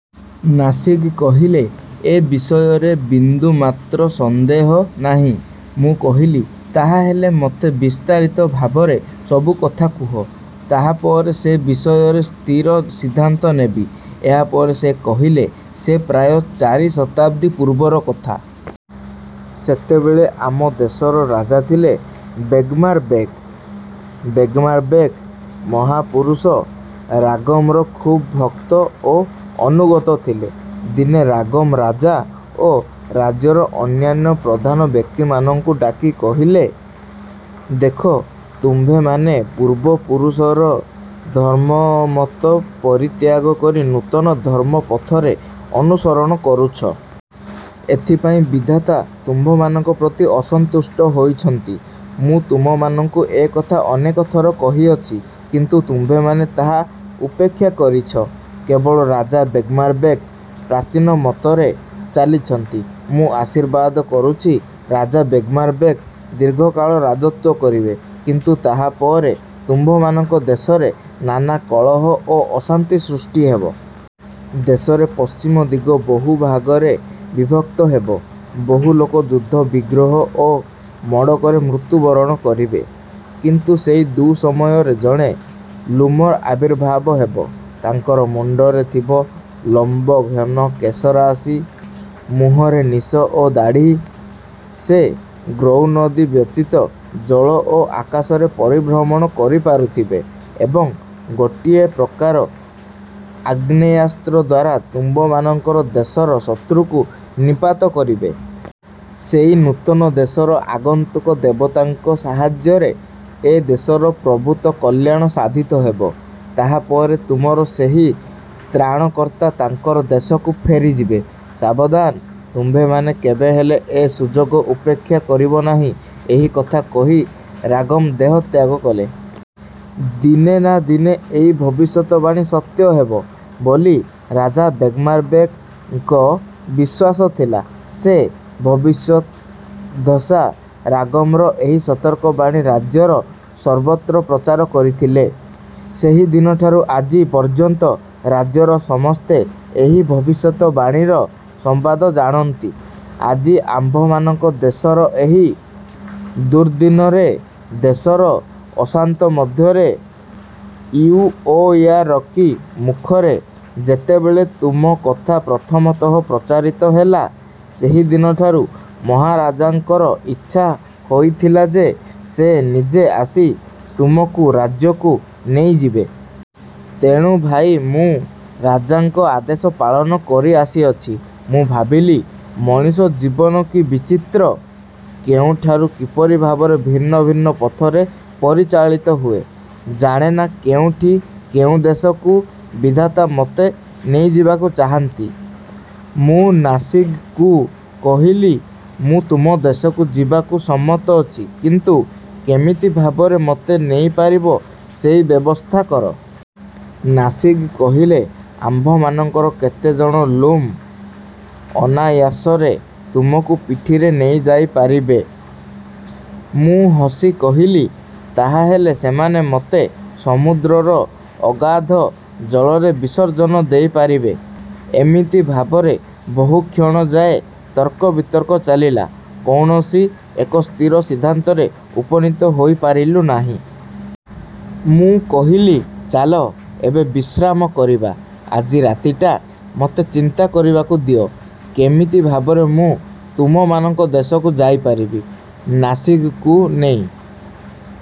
' ନାସିଗ୍ କହିଲେ, ଏ ବିଷୟରେ ବିନ୍ଦୁମାତ୍ର ସନ୍ଦେହ ନାହିଁ। ମୁଁ କହିଲି, ''ତାହାହେଲେ ମୋତେ ବିସ୍ତାରିତ ଭାବରେ ସବୁ କଥା କୁହ, ତାହାପରେ ସେ ବିଷୟରେ ସ୍ଥିର ସିଦ୍ଧାନ୍ତ ନେବି। '' ଏହାପରେ ସେ କହିଲେ 'ସେ ପ୍ରାୟ ଚାରି ଶତାବ୍ଦୀ ପୂର୍ବର କଥା। ସେତେବେଳେ ଆମ ଦେଶର ରାଜା ଥିଲେ ବେଗ୍ମାରବେକ୍। ବେଗ୍ମାରବେକ୍ ମହାପୁରୁଷ ରାଗମ୍ର ଖୁବ୍ ଭକ୍ତ ଓ ଅନୁଗତ ଥିଲେ। ଦିନେ ରାଗମ୍ ରାଜା ଓ ରାଜ୍ୟର ଅନ୍ୟାନ୍ୟ ପ୍ରଧାନ ବ୍ୟକ୍ତିମାନଙ୍କୁ ଡାକି କହିଲେ, ଦେଖ, ତୁମ୍ଭେମାନେ ପୂର୍ବପୁରୁଷର ଧର୍ମମତ ପରିତ୍ୟାଗ କରି ନୂତନ ଧର୍ମପଥରେ ଅନୁସରଣ କରୁଛ। ଏଥିପାଇଁ ବିଧାତା ତୁମ୍ଭମାନଙ୍କ ପ୍ରତି ଅସନ୍ତୁଷ୍ଟ ହୋଇଛନ୍ତି। ମୁଁ ତୁମମାନଙ୍କୁ ଏ କଥା ଅନେକ ଥର କହିଅଛି। କିନ୍ତୁ ତୁମ୍ଭେମାନେ ତାହା ଉପେକ୍ଷା କରିଛ। କେବଳ ରାଜା ବେଗ୍ମାରବେକ୍ ପ୍ରାଚୀନ ମତରେ ଚାଲିଛନ୍ତି। ମୁଁ ଆଶୀର୍ବାଦ କରୁଛି, ରାଜା ବେଗ୍ମାରବେକ୍ ଦୀର୍ଘକାଳ ରାଜତ୍ୱ କରିବେ। କିନ୍ତୁ ତାହାପରେ ତୁମ୍ଭମାନଙ୍କ ଦେଶରେ ନାନା କଳହ ଓ ଅଶାନ୍ତି ସୃଷ୍ଟି ହେବ। ଦେଶରେ ପଶ୍ଚିମ ଦିଗ ବହୁଭାଗରେ ବିଭକ୍ତ ହେବ, ବହୁ ଲୋକ ଯୁଦ୍ଧ ବିଗ୍ରହ ଓ ମଡ଼କରେ ମୃତ୍ୟୁବରଣ କରିବେ। କିନ୍ତୁ ସେଇ ଦୁଃସମୟରେ ଜଣେ ଲ୍ଲୁମର ଆବିର୍ଭାବ ହେବ। ତାଙ୍କର ମୁଣ୍ଡରେ ଥିବ ଲମ୍ବ ଘନ କେଶରାଶି, ମୁହଁରେ ନିଶ ଓ ଦାଢ଼ି,-ସେ ଗ୍ରୌନଦି ବ୍ୟତୀତ ଜଳ ଓ ଆକାଶରେ ପରିଭ୍ରମଣ କରିପାରୁଥିବେ ଏବଂ ଗୋଟିଏ ପ୍ରକାର ଆଗ୍ନେୟାସ୍ତ୍ରଦ୍ୱାରା ତୁମ୍ଭମାନଙ୍କର ଦେଶର ଶତ୍ରୁକୁ ନିପାତ କରିବେ। ସେଇ ନୂତନ ଦେଶର ଆଗନ୍ତୁକ ଦେବତାଙ୍କ ସାହାଯ୍ୟରେ ଏ ଦେଶର ପ୍ରଭୂତ କଲ୍ୟାଣ ସାଧିତ ହେବ। ତାହାପରେ ତୁମର ସେହି ତ୍ରାଣକର୍ତ୍ତା ତାଙ୍କର ଦେଶକୁ ଫେରିଯିବେ। ସାବଧାନ, ତୁମ୍ଭେମାନେ କେବେହେଲେ ଏ ସୁଯୋଗ ଉପେକ୍ଷା କରିବ ନାହିଁ। ଏହି କଥା କହି ରାଗମ୍ ଦେହତ୍ୟାଗ କଲେ। ''ଦିନେ ନା ଦିନେ ଏଇ ଭବିଷ୍ୟତବାଣୀ ସତ୍ୟ ହେବ ବୋଲି ରଜା ବେଗ୍ମାରବେକ୍ଙ୍କ ବିଶ୍ୱାସ ଥିଲା, ସେ ଭବିଷ୍ୟଦ୍ଦଶା, ରାଗମ୍ର ଏହି ସତର୍କ ବାଣୀ ରାଜ୍ୟର ସର୍ବତ୍ର ପ୍ରଚାର କରିଥିଲେ-। ସେହିଦିନଠାରୁ ଆଜି ପର୍ଯ୍ୟନ୍ତ ରାଜ୍ୟର ସମସ୍ତେ ଏହି ଭବିଷ୍ୟତ ବାଣୀର ସମ୍ବାଦ ଜାଣନ୍ତି। ଆଜି ଆମ୍ଭମାନଙ୍କ ଦେଶର ଏହି ଦୁର୍ଦ୍ଦିନରେ, ଦେଶର ଅଶାନ୍ତ ମଧ୍ୟରେ ଇଉଓୟାରକି ମୁଖରେ ଯେତେବେଳେ ତୁମ କଥା ପ୍ରଥମତଃ ପ୍ରଚାରିତ ହେଲା, ସେହିଦିନଠାରୁ ମହାରାଜାଙ୍କର ଇଚ୍ଛା ହୋଇଥିଲା ଯେ, ସେ ନିଜେ ଆସି ତୁମକୁ ରାଜ୍ୟକୁ ନେଇଯିବେ। ତେଣୁ ଭାଇ, ମୁଁ ରାଜାଙ୍କ ଆଦେଶ ପାଳନ କରିଆସିଅଛି। '' ମୁଁ ଭାବିଲି, ମଣିଷ ଜୀବନ କି ବିଚିତ୍ର, କେଉଁଠାରୁ କିପରି ଭାବରେ ଭିନ୍ନ ଭିନ୍ନ ପଥରେ ପରିଚାଳିତ ହୁଏ। ଜାଣେନା କେଉଁଠି କେଉଁ ଦେଶକୁ ବିଧାତା ମୋତେ ନେଇଯିବାକୁ ଚାହାନ୍ତି। ମୁଁ ନାସିଗ୍କୁ କହିଲି, ମୁଁ ତୁମ ଦେଶକୁ ଯିବାକୁ ସମ୍ମତ ଅଛି, କିନ୍ତୁ କେମିତି ଭାବରେ ମୋତେ ନେଇପାରିବ ସେଇ ବ୍ୟବସ୍ଥା କର। ନାସିଗ୍ କହିଲେ,-ଆମ୍ଭମାନଙ୍କର କେତେଜଣ ଲ୍ଲୁମ ଅନାୟାସରେ ତୁମକୁ ପିଠିରେ ନେଇଯାଇପାରିବେ। ମୁଁ ହସି କହିଲି, ''ତାହାହେଲେ ସେମାନେ ମୋତେ ସମୁଦ୍ରର ଅଗାଧ ଜଳରେ ବିସର୍ଜନ ଦେଇପାରିବେ। '' ଏମିତି ଭାବରେ ବହୁକ୍ଷଣ ଯାଏ ତର୍କ ବିତର୍କ ଚାଲିଲା। କୌଣସି ଏକ ସ୍ଥିର ସିଦ୍ଧାନ୍ତରେ ଉପନୀତ ହୋଇପାରିଲୁ ନାହିଁ। ମୁଁ କହିଲି-''ଚାଲ, ଏବେ ବିଶ୍ରାମ କରିବା। ଆଜି ରାତିଟା ମୋତେ ଚିନ୍ତା କରିବାକୁ ଦିଅ, କେମିତି ଭାବରେ ମୁଁ ତୁମମାନଙ୍କ ଦେଶକୁ ଯାଇ ପାରିବି। '' ନାସିଗ୍କୁ ନେଇ